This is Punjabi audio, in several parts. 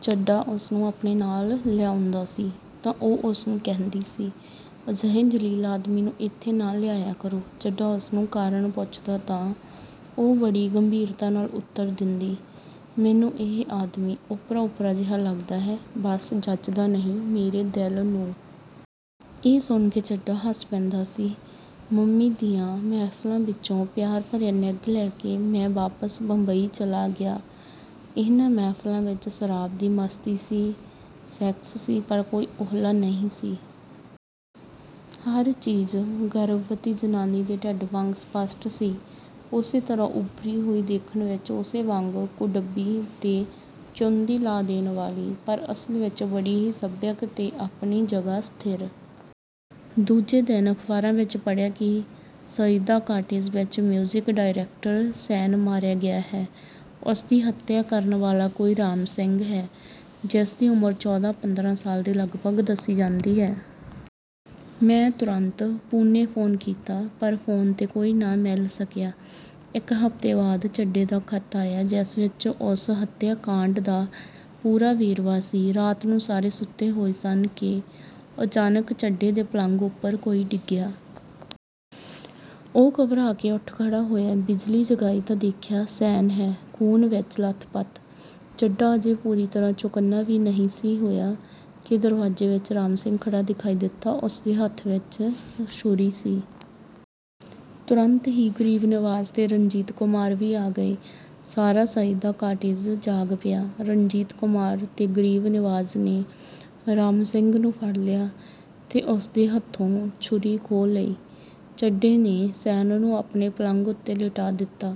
ਚੱਡਾ ਉਸਨੂੰ ਆਪਣੇ ਨਾਲ ਲੈ ਆਉਂਦਾ ਸੀ ਤਾਂ ਉਹ ਉਸਨੂੰ ਕਹਿੰਦੀ ਸੀ, "ਅਜਿਹੇ ਜਲੀਲ ਆਦਮੀ ਨੂੰ ਇੱਥੇ ਨਾ ਲਿਆਇਆ ਕਰੋ। " ਚੱਡਾ ਉਸਨੂੰ ਕਾਰਣ ਪੁੱਛਦਾ ਤਾਂ ਉਹ ਬੜੀ ਗੰਭੀਰਤਾ ਨਾਲ ਉਤਰ ਦਿੰਦੀ, "ਮੈਨੂੰ ਇਹ ਆਦਮੀ ਓਪਰਾ-ਓਪਰਾ ਜਿਹਾ ਲੱਗਦਾ ਹੈ, ਬਸ ਜਚਦਾ ਨਹੀਂ ਮੇਰੇ ਦਿਲ ਨੂੰ। " ਇਹ ਸੁਣ ਕੇ ਚੱਡਾ ਹੱਸ ਪੈਂਦਾ ਸੀ। ਮੰਮੀ ਦੀਆਂ ਮਹਿਫ਼ਿਲਾਂ ਵਿਚੋਂ ਪਿਆਰ ਭਰਿਆ ਨਿੱਘ ਲੈ ਕੇ ਮੈਂ ਵਾਪਸ ਬੰਬਈ ਚਲਾ ਗਿਆ। ਇਹਨਾਂ ਮਹਿਫ਼ਿਲਾਂ ਵਿਚ ਸ਼ਰਾਬ ਦੀ ਮਸਤੀ ਸੀ, ਸੈਕਸ ਸੀ, ਪਰ ਕੋਈ ਓਹਲਾ ਨਹੀਂ ਸੀ। ਹਰ ਚੀਜ਼ ਗਰਭਵਤੀ ਜ਼ਨਾਨੀ ਦੇ ਢਿੱਡ ਵਾਂਗ ਸਪਸ਼ਟ ਸੀ। ਉਸੇ ਤਰ੍ਹਾਂ ਉੱਭਰੀ ਹੋਈ, ਦੇਖਣ ਵਿਚ ਉਸੇ ਵਾਂਗ ਕੁਢੱਬੀ ਤੇ ਚੌਂਧੀ ਲਾ ਦੇਣ ਵਾਲੀ, ਪਰ ਅਸਲ ਵਿਚ ਬੜੀ ਹੀ ਸਭਿਅਕ ਤੇ ਆਪਣੀ ਜਗ੍ਹਾ ਸਥਿਰ। ਦੂਜੇ ਦਿਨ ਅਖ਼ਬਾਰਾਂ ਵਿਚ ਪੜ੍ਹਿਆ ਕਿ ਸਈਦਾ ਕਾਟੇਜ ਵਿਚ ਮਿਊਜ਼ਿਕ ਡਾਇਰੈਕਟਰ ਸੈਨ ਮਾਰਿਆ ਗਿਆ ਹੈ। ਉਸਦੀ ਹੱਤਿਆ ਕਰਨ ਵਾਲਾ ਕੋਈ ਰਾਮ ਸਿੰਘ ਹੈ, ਜਿਸਦੀ ਉਮਰ ਚੌਦਾਂ ਪੰਦਰਾਂ ਸਾਲ ਦੇ ਲਗਭਗ ਦੱਸੀ ਜਾਂਦੀ ਹੈ। ਮੈਂ ਤੁਰੰਤ ਪੂਨੇ ਫ਼ੋਨ ਕੀਤਾ, ਪਰ ਫ਼ੋਨ 'ਤੇ ਕੋਈ ਨਾ ਮਿਲ ਸਕਿਆ। ਇਕ ਹਫ਼ਤੇ ਬਾਅਦ ਚੱਡੇ ਦਾ ਖ਼ਤ ਆਇਆ, ਜਿਸ ਵਿਚ ਉਸ ਹੱਤਿਆ ਕਾਂਢ ਦਾ ਪੂਰਾ ਵੇਰਵਾ ਸੀ। ਰਾਤ ਨੂੰ ਸਾਰੇ ਸੁੱਤੇ ਹੋਏ ਸਨ ਕਿ ਅਚਾਨਕ ਚੱਡੇ ਦੇ ਪਲੰਘ ਉਪਰ ਕੋਈ ਡਿੱਗਿਆ। ਉਹ ਘਬਰਾ ਕੇ ਉਠ ਖੜ੍ਹਾ ਹੋਇਆ। ਬਿਜਲੀ ਜਗਾਈ ਤਾਂ ਦੇਖਿਆ, ਸੈਨ ਹੈ, ਖੂਨ ਵਿਚ ਲੱਥਪੱਥ। ਚੱਡਾ ਅਜੇ ਪੂਰੀ ਤਰ੍ਹਾਂ ਚੌਕੰਨਾਂ ਵੀ ਨਹੀਂ ਸੀ ਹੋਇਆ ਕਿ ਦਰਵਾਜ਼ੇ ਵਿਚ ਰਾਮ ਸਿੰਘ ਖੜ੍ਹਾ ਦਿਖਾਈ ਦਿੱਤਾ। ਉਸਦੇ ਹੱਥ ਵਿਚ ਛੁਰੀ ਸੀ। ਤੁਰੰਤ ਹੀ ਗਰੀਬ ਨਿਵਾਜ ਤੇ ਰਣਜੀਤ ਕੁਮਾਰ ਵੀ ਆ ਗਏ। ਸਾਰਾ ਸਈਦਾ ਕਾਟੇਜ ਜਾਗ ਪਿਆ। ਰਣਜੀਤ ਕੁਮਾਰ ਤੇ ਗਰੀਬ ਨਿਵਾਜ ਨੇ ਰਾਮ ਸਿੰਘ ਨੂੰ ਫੜ੍ਹ ਲਿਆ ਤੇ ਉਸਦੇ ਹੱਥੋਂ ਛੁਰੀ ਖੋਹ ਲਈ। ਚੱਡੇ ਨੇ ਸੈਨ ਨੂੰ ਆਪਣੇ ਪਲੰਘ ਉੱਤੇ ਲਿਟਾਅ ਦਿੱਤਾ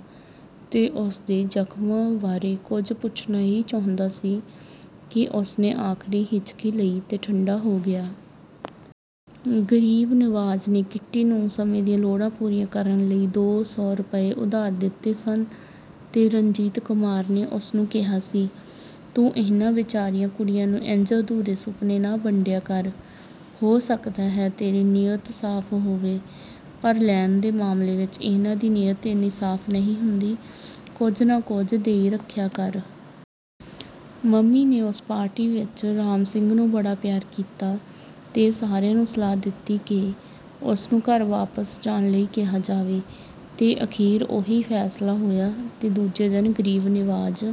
ਤੇ ਉਸਦੇ ਜ਼ਖ਼ਮ ਬਾਰੇ ਕੁਝ ਪੁੱਛਣਾ ਹੀ ਚਾਹੁੰਦਾ ਸੀ ਕਿ ਉਸਨੇ ਆਖਰੀ ਹਿਚਕੀ ਲਈ ਤੇ ਠੰਡਾ ਹੋ ਗਿਆ। ਗਰੀਬ ਨਿਵਾਜ ਨੇ ਕਿੱਟੀ ਨੂੰ ਸਮੇਂ ਦੀਆਂ ਲੋੜਾਂ ਪੂਰੀਆਂ ਕਰਨ ਲਈ ਦੋ ਸੌ ਰੁਪਏ ਉਧਾਰ ਦਿੱਤੇ ਸਨ ਤੇ ਰਣਜੀਤ ਕੁਮਾਰ ਨੇ ਉਸਨੂੰ ਕਿਹਾ ਸੀ, "ਤੂੰ ਇਹਨਾਂ ਵਿਚਾਰੀਆਂ ਕੁੜੀਆਂ ਨੂੰ ਇੰਜ ਅਧੂਰੇ ਸੁਪਨੇ ਨਾ ਵੰਡਿਆ ਕਰ ਹੋ ਸਕਦਾ ਹੈ ਤੇਰੀ ਨੀਅਤ ਸਾਫ ਹੋਵੇ, ਪਰ ਲੈਣ ਦੇ ਮਾਮਲੇ ਵਿਚ ਇਹਨਾਂ ਦੀ ਨੀਅਤ ਏਨੀ ਸਾਫ ਨਹੀਂ ਹੁੰਦੀ ਕੁਝ ਨਾ ਕੁਝ ਦੇਈ ਰੱਖਿਆ ਕਰ। " ਮੰਮੀ ਨੇ ਉਸ ਪਾਰਟੀ ਵਿਚ ਰਾਮ ਸਿੰਘ ਨੂੰ ਬੜਾ ਪਿਆਰ ਕੀਤਾ ਤੇ ਸਾਰਿਆਂ ਨੂੰ ਸਲਾਹ ਦਿੱਤੀ ਕਿ ਉਸਨੂੰ ਘਰ ਵਾਪਸ ਜਾਣ ਲਈ ਕਿਹਾ ਜਾਵੇ। ਤੇ ਅਖੀਰ ਉਹੀ ਫੈਸਲਾ ਹੋਇਆ ਤੇ ਦੂਜੇ ਦਿਨ ਗਰੀਬ ਨਿਵਾਜ